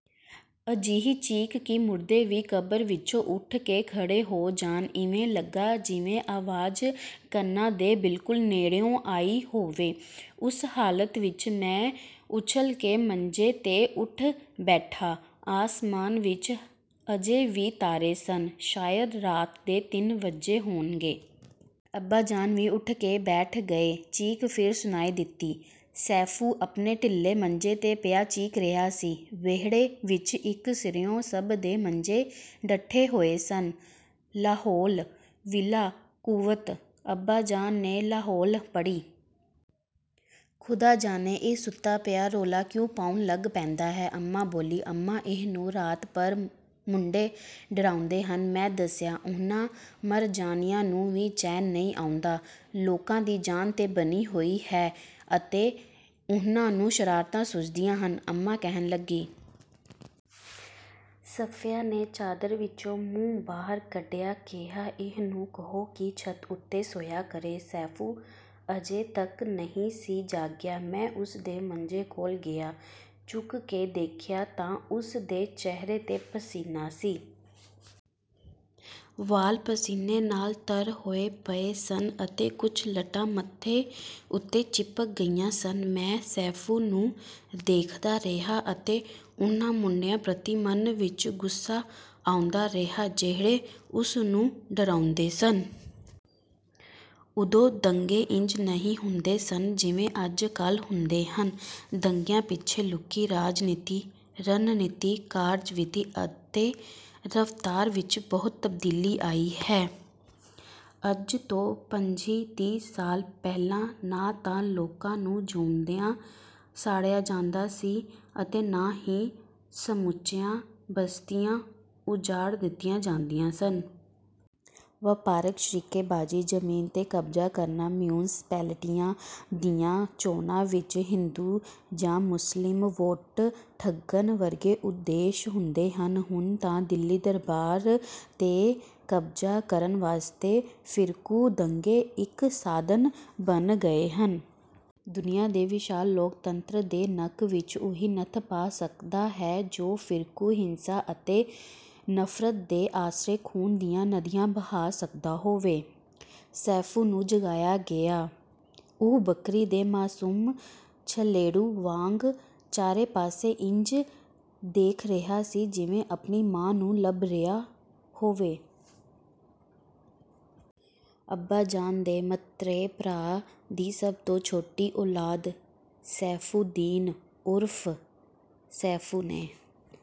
ਅਜਿਹੀ ਚੀਕ ਕਿ ਮੁਰਦੇ ਵੀ ਕਬਰ ਵਿੱਚੋਂ ਉੱਠ ਕੇ ਖੜ੍ਹੇ ਹੋ ਜਾਣ! ਇਵੇਂ ਲੱਗਾ ਜਿਵੇਂ ਆਵਾਜ਼ ਕੰਨਾਂ ਦੇ ਬਿਲਕੁਲ ਨੇੜਿਓਂ ਆਈ ਹੋਵੇ। ਉਸ ਹਾਲਤ ਵਿੱਚ... ਮੈਂ ਉੱਛਲ ਕੇ ਮੰਜੇ 'ਤੇ ਉੱਠ ਬੈਠਾ। ਅਸਮਾਨ ਵਿੱਚ ਅਜੇ ਵੀ ਤਾਰੇ ਸਨ, ਸ਼ਾਇਦ ਰਾਤ ਦੇ ਤਿੰਨ ਵੱਜੇ ਹੋਣਗੇ। ਅੱਬਾਜਾਨ ਵੀ ਉੱਠ ਕੇ ਬੈਠ ਗਏ। ਚੀਕ ਫਿਰ ਸੁਣਾਈ ਦਿੱਤੀ। ਸੈਫ਼ੂ ਆਪਣੇ ਢਿੱਲੇ ਮੰਜੇ 'ਤੇ ਪਿਆ ਚੀਕ ਰਿਹਾ ਸੀ। ਵਿਹੜੇ ਵਿੱਚ ਇੱਕ ਸਿਰਿਓਂ ਸਭ ਦੇ ਮੰਜੇ ਡੱਠੇ ਹੋਏ ਸਨ। "ਲਾਹੌਲ ਵਿਲਾ ਕੂਵਤ..." ਅੱਬਾਜਾਨ ਨੇ ਲਾਹੌਲ ਪੜ੍ਹੀ। "ਖ਼ੁਦਾ ਜਾਣੇ ਇਹ ਸੁੱਤਾ ਪਿਆ ਰੌਲਾ ਕਿਉਂ ਪਾਉਣ ਲੱਗ ਪੈਂਦਾ ਹੈ!" ਅੰਮਾ ਬੋਲੀ। "ਅੰਮਾ, ਇਹਨੂੰ ਰਾਤ ਭਰ ਮੁੰਡੇ ਡਰਾਉਂਦੇ ਹਨ..." ਮੈਂ ਦੱਸਿਆ। "ਉਹਨਾਂ ਮਰ ਜਾਣਿਆਂ ਨੂੰ ਵੀ ਚੈਨ ਨਹੀਂ ਆਉਂਦਾ! ਲੋਕਾਂ ਦੀ ਜਾਨ 'ਤੇ ਬਣੀ ਹੋਈ ਹੈ ਅਤੇ ਉਹਨਾਂ ਨੂੰ ਸ਼ਰਾਰਤਾਂ ਸੁਝਦੀਆਂ ਹਨ," ਅੰਮਾ ਕਹਿਣ ਲੱਗੀ। ਸਫ਼ੀਆ ਨੇ ਚਾਦਰ ਵਿੱਚੋਂ ਮੂੰਹ ਬਾਹਰ ਕੱਢਦਿਆਂ ਕਿਹਾ, "ਇਹਨੂੰ ਕਹੋ ਕਿ ਛੱਤ ਉੱਤੇ ਸੌਂਇਆ ਕਰੇ।" ਸੈਫ਼ੂ ਅਜੇ ਤੱਕ ਨਹੀਂ ਸੀ ਜਾਗਿਆ। ਮੈਂ ਉਸ ਦੇ ਮੰਜੇ ਕੋਲ ਗਿਆ, ਝੁਕ ਕੇ ਦੇਖਿਆ ਤਾਂ ਉਸ ਦੇ ਚਿਹਰੇ 'ਤੇ ਪਸੀਨਾ ਸੀ। ਵਾਲ਼ ਪਸੀਨੇ ਨਾਲ ਤਰ ਹੋਏ ਪਏ ਸਨ ਅਤੇ ਕੁਝ ਲਟਾਂ ਮੱਥੇ ਉੱਤੇ ਚਿਪਕ ਗਈਆਂ ਸਨ। ਮੈਂ ਸੈਫ਼ੂ ਨੂੰ ਦੇਖਦਾ ਰਿਹਾ ਅਤੇ ਉਹਨਾਂ ਮੁੰਡਿਆਂ ਪ੍ਰਤੀ ਮਨ ਵਿੱਚ ਗੁੱਸਾ ਆਉਂਦਾ ਰਿਹਾ ਜਿਹੜੇ ਉਸ ਨੂੰ ਡਰਾਉਂਦੇ ਸਨ। ਉਦੋਂ ਦੰਗੇ ਇੰਜ ਨਹੀਂ ਹੁੰਦੇ ਸਨ ਜਿਵੇਂ ਅੱਜ-ਕੱਲ੍ਹ ਹੁੰਦੇ ਹਨ। ਦੰਗਿਆਂ ਪਿੱਛੇ ਲੁਕੀ ਰਾਜਨੀਤੀ, ਰਣਨੀਤੀ, ਕਾਰਜ-ਵਿਧੀ ਅਤੇ ਰਫ਼ਤਾਰ ਵਿੱਚ ਬਹੁਤ ਤਬਦੀਲੀ ਆਈ ਹੈ। ਅੱਜ ਤੋਂ ਪੰਝੀ-ਤੀਹ ਸਾਲ ਪਹਿਲਾਂ ਨਾ ਤਾਂ ਲੋਕਾਂ ਨੂੰ ਜਿਊਂਦਿਆਂ ਸਾੜਿਆ ਜਾਂਦਾ ਸੀ, ਅਤੇ ਨਾ ਹੀ ਸਮੁੱਚੀਆਂ ਬਸਤੀਆਂ ਉਜਾੜ ਦਿੱਤੀਆਂ ਜਾਂਦੀਆਂ ਸਨ। ਵਪਾਰਕ ਸ਼ਰੀਕੇਬਾਜ਼ੀ, ਜ਼ਮੀਨ 'ਤੇ ਕਬਜ਼ਾ ਕਰਨਾ, ਮਿਉਂਸਪੈਲਟੀਆਂ ਦੀਆਂ ਚੋਣਾਂ ਵਿੱਚ ਹਿੰਦੂ ਜਾਂ ਮੁਸਲਿਮ ਵੋਟ ਠੱਗਣ ਵਰਗੇ ਉਦੇਸ਼ ਹੁੰਦੇ ਹਨ। ਹੁਣ ਤਾਂ ਦਿੱਲੀ ਦਰਬਾਰ 'ਤੇ ਕਬਜ਼ਾ ਕਰਨ ਵਾਸਤੇ ਫ਼ਿਰਕੂ ਦੰਗੇ ਇੱਕ ਸਾਧਨ ਬਣ ਗਏ ਹਨ। ਦੁਨੀਆ ਦੇ ਵਿਸ਼ਾਲ ਲੋਕਤੰਤਰ ਦੇ ਨੱਕ ਵਿੱਚ ਉਹੀ ਨੱਥ ਪਾ ਸਕਦਾ ਹੈ ਜੋ ਫ਼ਿਰਕੂ ਹਿੰਸਾ ਅਤੇ ਨਫ਼ਰਤ ਦੇ ਆਸਰੇ ਖ਼ੂਨ ਦੀਆਂ ਨਦੀਆਂ ਬਹਾ ਸਕਦਾ ਹੋਵੇ। ਸੈਫ਼ੂ ਨੂੰ ਜਗਾਇਆ ਗਿਆ। ਉਹ ਬੱਕਰੀ ਦੇ ਮਾਸੂਮ ਛਲੇਡੂ ਵਾਂਗ ਚਾਰੇ ਪਾਸੇ ਇੰਜ ਦੇਖ ਰਿਹਾ ਸੀ ਜਿਵੇਂ ਆਪਣੀ ਮਾਂ ਨੂੰ ਲੱਭ ਰਿਹਾ ਹੋਵੇ। ਅੱਬਾਜਾਨ ਦੇ ਮਤਰੇਏ ਭਰਾ ਦੀ ਸਭ ਤੋਂ ਛੋਟੀ ਔਲਾਦ ਸੈਫ਼ੂ ਦੀਨ ਉਰਫ਼ ਸੈਫ਼ੂ ਨੇ